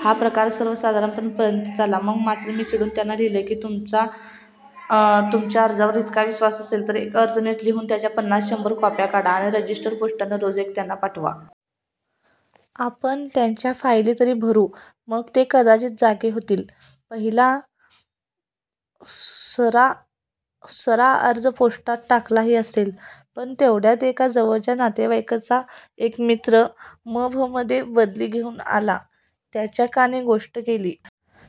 हा प्रकार सर्वसाधारणपणे पर्यंत चालला. मग मात्र मी चिडुन त्यांना लिहिलं की 'तुमचा तुमच्या अर्जावर इतका विश्वास असेल, तर एक अर्ज नीट लिहून, त्याच्या पन्नास/ शंभर कॉप्या काढा. आणि रजिस्टर पोस्टाने रोज एक त्यांना पाठवा. आपण त्यांच्या फाईली तरी भरू मग ते कदाचित जागे होतील. 'पहिला ुसरा अर्ज पोस्टात टाकलाही असेल. पण तेवढ्यात एका जवळच्या नातेवाईकाचा एक मित्र म. मं. मधे बदली घेऊन आला. त्याच्या कानी गोष्ट गेली.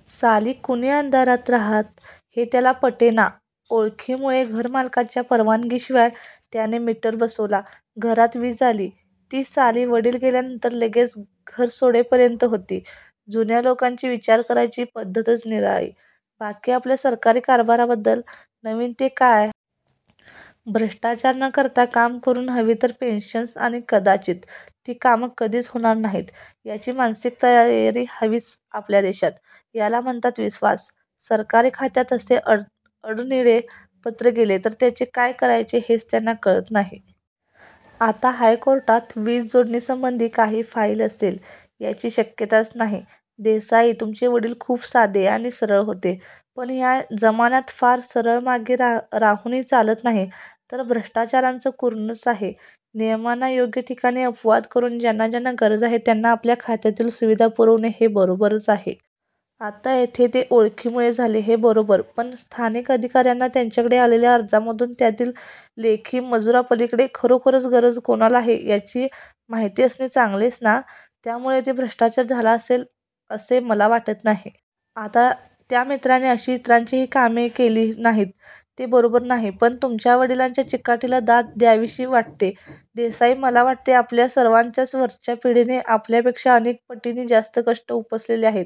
साली 'कुणी अंधारात रहातं,' हे त्याला पटेना. ओळखीमुळे 'घरमालकाच्या परवानगीशिवाय' त्याने मीटर बसवला. घरात वीज आली, ती साली वडिल गेल्यानंतर लगेच घर सोडेपर्यंत होती.. जुन्या लोकांची विचार करायची पद्ध्तच निराळी. बाकी आपल्या सरकारी कारभाराबद्दल, नवीन ते काय? भ्रष्टाचार न करता कामं करुन हवी तर पेशन्स आणि कदाचित ती कामं कधीच होणार नाहीत याची मानसिक तयारी हविच आपल्या देशात. याला म्हणतात विश्वास. सरकारी खात्यात असे अडनिडे पत्र गेले, तर त्याचे काय करायचे हेच त्याना कळत नाही. आता हायकोर्टात, वीज जोडणीसंबधी काही फाईल असेल, याची शक्यताच नाही. देसाई तुमचे वडील खुप साधे आणि सरळ होते पण ह्या जमान्यात फार सरळमार्गी राहुनही चालत नाही. तर भ्रष्टाचाराचं कुरणचं आहे. नियमांना योग्य ठिकाणी अपवाद करून ज्यांना गरज आहे त्यांना आपल्या खात्यातील सुविधा पुरवणे हे बरोबरच आहे. आता येथे ते ओळखीमुळे झाले हे बरोबर, पण स्थानिक अधिकार्यांना त्यांच्याकडे आलेल्या अर्जामधून त्यातील 'लेखी मजकुरापलिकडे' खरोखरच गरज कोणाला आहे याची माहिती असणे चांगलेच ना? त्यामुळे येथे भ्रष्टाचार झाला असे मला वाटत नाही. आता त्या मित्राने अशी इतरांचीही कामे केली नाहीत तर ते बरोबर नाही. पण तुमच्या वडिलांच्या चिकाटीला दाद द्यावीशी वाटते. देसाई, मला वाटते आपल्या सर्वान्च्याच वरच्या पिढीने आपल्यापेक्शा अनेक पटींनी जास्त कष्ट उपसलेले आहेत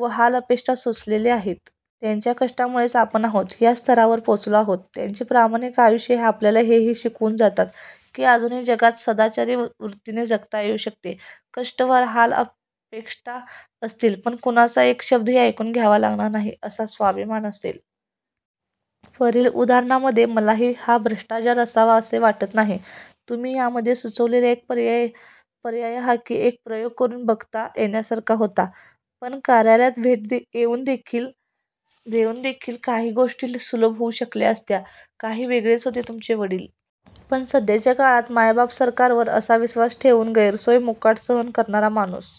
व हाल अपेष्टा सोसलेल्या आहेत. त्यांच्या कष्टांमुळेच आपण आहोत ह्या स्तरावर पोचलो आहोत. त्यांचे प्रामाणिक आयुष्य हे आपल्याला हेही शिकवून जातात की अजूनही जगात सदाचारी वृत्तीने जगता येऊ शकते. कष्ट व हाल अपेष्टा असतील पण कुणाचा एक शब्दही ऐकून घ्यावा लागणार नाही असा स्वाभिमान असेल. वरील उदाहरणामध्ये मलाही हा भ्रष्टाचार असावा असे वाटत नाही. तुम्ही ह्यामध्ये सुचवलेला एक पर्याय हाही एक प्रयोग करुन बघता येण्यासारखा होता. पण कार्यालयात भेट देउन देखील काही गोष्टी सुलभ होऊ शकल्या असत्या. काही वेगळेच होते तुमचे वडील! पण सध्याच्या काळात ''मायबाप सरकार''वर असा विश्वास ठेवून गैरसोय मुकाट सहन करणारा माणूस